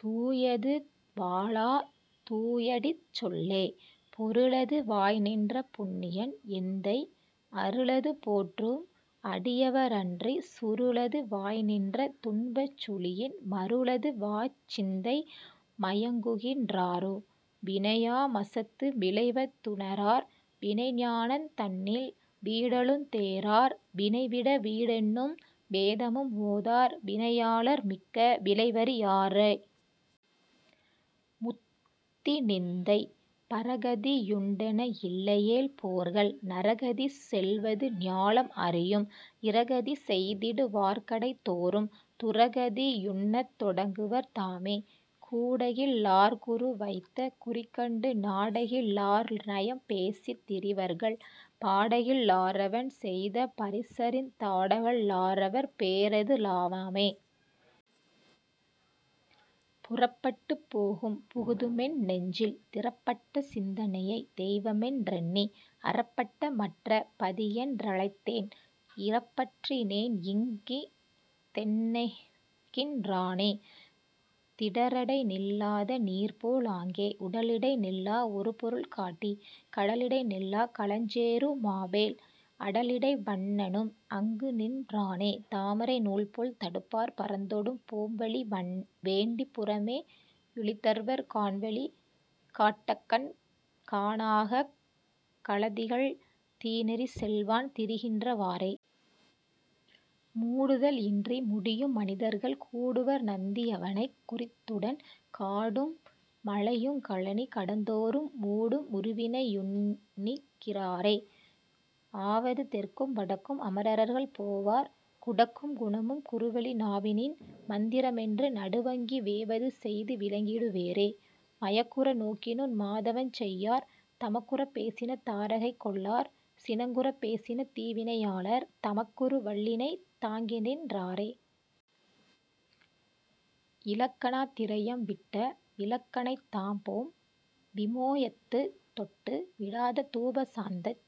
தூயது வாளா தூயடிச் சொல்லே. பொருளது வாய்நின்ற புண்ணியன் எந்தை அருளது போற்றும் அடியவ ரன்றிச் சுருளது வாய்நின்ற துன்பச் சுழியின் மருளது வாச்சிந்தை மயங்குகின் றாரே.. வினையா மசத்து விளைவ துணரார் வினைஞானந் தன்னில் வீடலுந் தேரார் வினைவிட வீடென்னும் வேதமும் ஓதார் வினையாளார் மிக்க விளைவறி யாரே.. முத்திநிந்தை. பரகதி யுண்டென இல்லையென் போர்கள் நரகதி செல்வது ஞாலம் அறியும் இரகதி செய்திடு வார்கடை தோறும் துரகதி யுண்ணத் தொடங்குவர் தாமே.. கூடகில் லார்குரு வைத்த குறிகண்டு நாடகில் லார்நயம் பேசித் திரிவர்கள் பாடகில் லாரவன் செய்த பரிசறிந் தாடவல் லாரவர் பேறெது வாமே.. புறப்பட்டுப் போகும் புகுதுமென் னெஞ்சில் திறப்பட்ட சிந்தையைப் தெய்வமென் றெண்ணி அறப்பட்ட மற்றப் பதியென் றழைத்தேன் இறப்பற்றி னேன்இங் கிதென்னென்கின் றானே. திடரடை நில்லாத நீர்பேல் ஆங்கே உடலிடை நில்லா உறுபொருள் காட்டிக் கடலிடை நில்லா கலஞ்சேரு மாபேல் அடலிடை வண்ணனும் அங்குநின் றானே.. தாமரை நூல்போல் தடுப்பார் பரந்தொடும் போம்வழி வேண்டிப் புறமே யுழிதர்வர் காண்வழி காட்டக்கண் காணாக் கலதிகள் தீநெறி செல்வான் திரிகின்ற வாறே.. மூடுதல் இன்றி முடியும் மனிதர்கள் கூடுவர் நந்தி யவனைக் குறித்துடன் காடும் மலையுங் கழனி கடந்தோறும் ஊடும் உருவினை யுன்னிகி லாரே.. ஆவது தெற்கும் வடக்கும் அமரர்கள் போவார் குடக்கும் குணக்கும் குறுவழி நாவினின் மந்திர மென்று நடுவங்கி வேவது செய்து விளங்கிடு வீரே.. மயக்குற நோக்கினும் மாதவஞ் செய்யார் தமக்குறப் பேசின தாரணை கொள்ளார் சினக்குறப் பேசின தீவினை யாளர் தமக்குற வல்லினை தாங்கிநின் றாரே... இலக்கணாத் திரயம் விட்ட விலக்கணைதான்போம் வியோமத்துத் தொட்டு விடாத துபசாந்தத்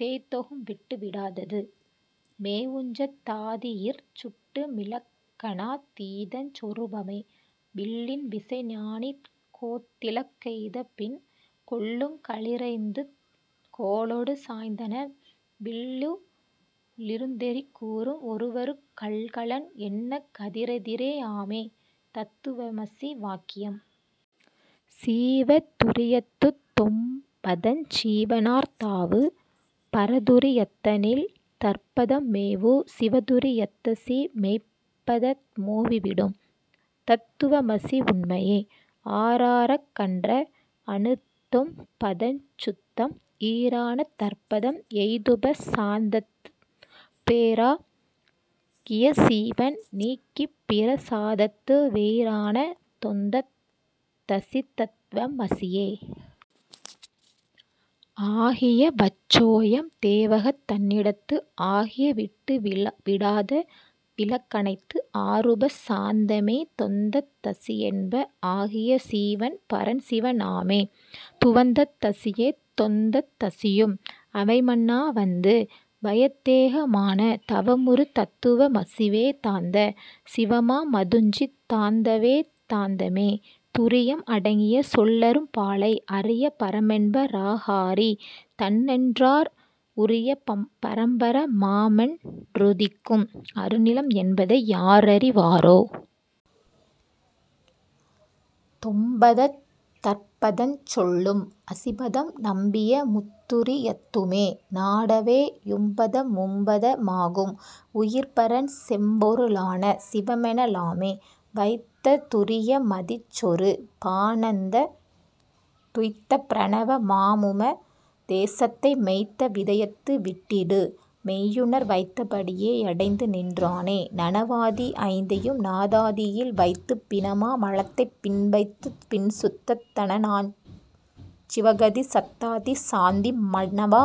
தேதொகும் விட்டு விடாதது மேவுஞ்சத் தாதியிற் சுட்டு மிலக்கணா தீதஞ் சொருபமே.. வில்லின் விசைநாணிற்கோத்திலக்கெய்தபின் கொல்லுங் களிறைந்துங் கோலொடு சாய்ந்தன வில்லு ளிருந்தெறி கூரும் ஒருவற்குக் கல்கலன் என்னக் கதிரெதி யாமே... தத்துவமசி வாக்கியம். சீவ துரியத்துத் தொம்பதஞ் சீவனார் தாவு பரதுரி யத்தனில் தற்பதம் மேவு சிவதுரி யத்தசி மெய்ப்பத மோவி விடும் தத் துவமசி உண்மையே.. ஆறா றகன்ற அணுத்தொம் பதஞ்சுத்தம் ஈறான தற்பதம் எய்துப சாந்தத்துப் பேறா கியசீவன் நீங்கிப்பிர சாதத்து வீறான தொந்தத் தசிதத்வ மசியே.. ஆகிய வச்சோயம் தேவகத் தன்னிடத்து ஆகிய விட்டு விடாத விலக்கணைத்து ஆருப சாந்தமே தொந்தத் தசியென்ப ஆகிய சீவன் பரன்சிவ னாமே.. துவந்தத் தசியே தொந்தத் தசியும் அவைமன்னா வந்து வயத்தேகமான தவமுறு தத்துவ மசிவே தாந்த சிவமா மதுஞ்சித் தாந்தவே தாந்தமே.. துரியம் அடங்கிய சொல்லறும் பாழை அரிய பரமென்ப ராகாரி தன்றென்னார் உரிய பரம்பர மாமொன் றுதிக்கும் அருநிலம் என்பதை யாரறி வாரே.. தொம்பதந் தற்பதஞ் சொல்லும் அசிபதம் நம்பிய முத்துரி யத்துமே னாடவே யும்பத மும்பத மாகும் உயிர்பரன் செம்பொரு ளான சிவமென லாமே.. வைத்த துரிய மதிற்சொரு பானந்தத் துய்த்த பிரணவ மாமுப தேசத்தை மெய்த்த விதயத்து விட்டிடு மெய்யுணர் வைத்த படியே யடைந்து நின்றானே.. நனவாதி ஐந்தையும் நாதாதியில் வைத்துப் பினமா மலத்தைப் பின்வைத்துப் பின்சுத்தத் தனதாஞ் சிவகதி சத்தாதி சாந்தி மனவா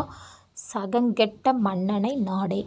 சகங்கெட்ட மன்னனை நாடே..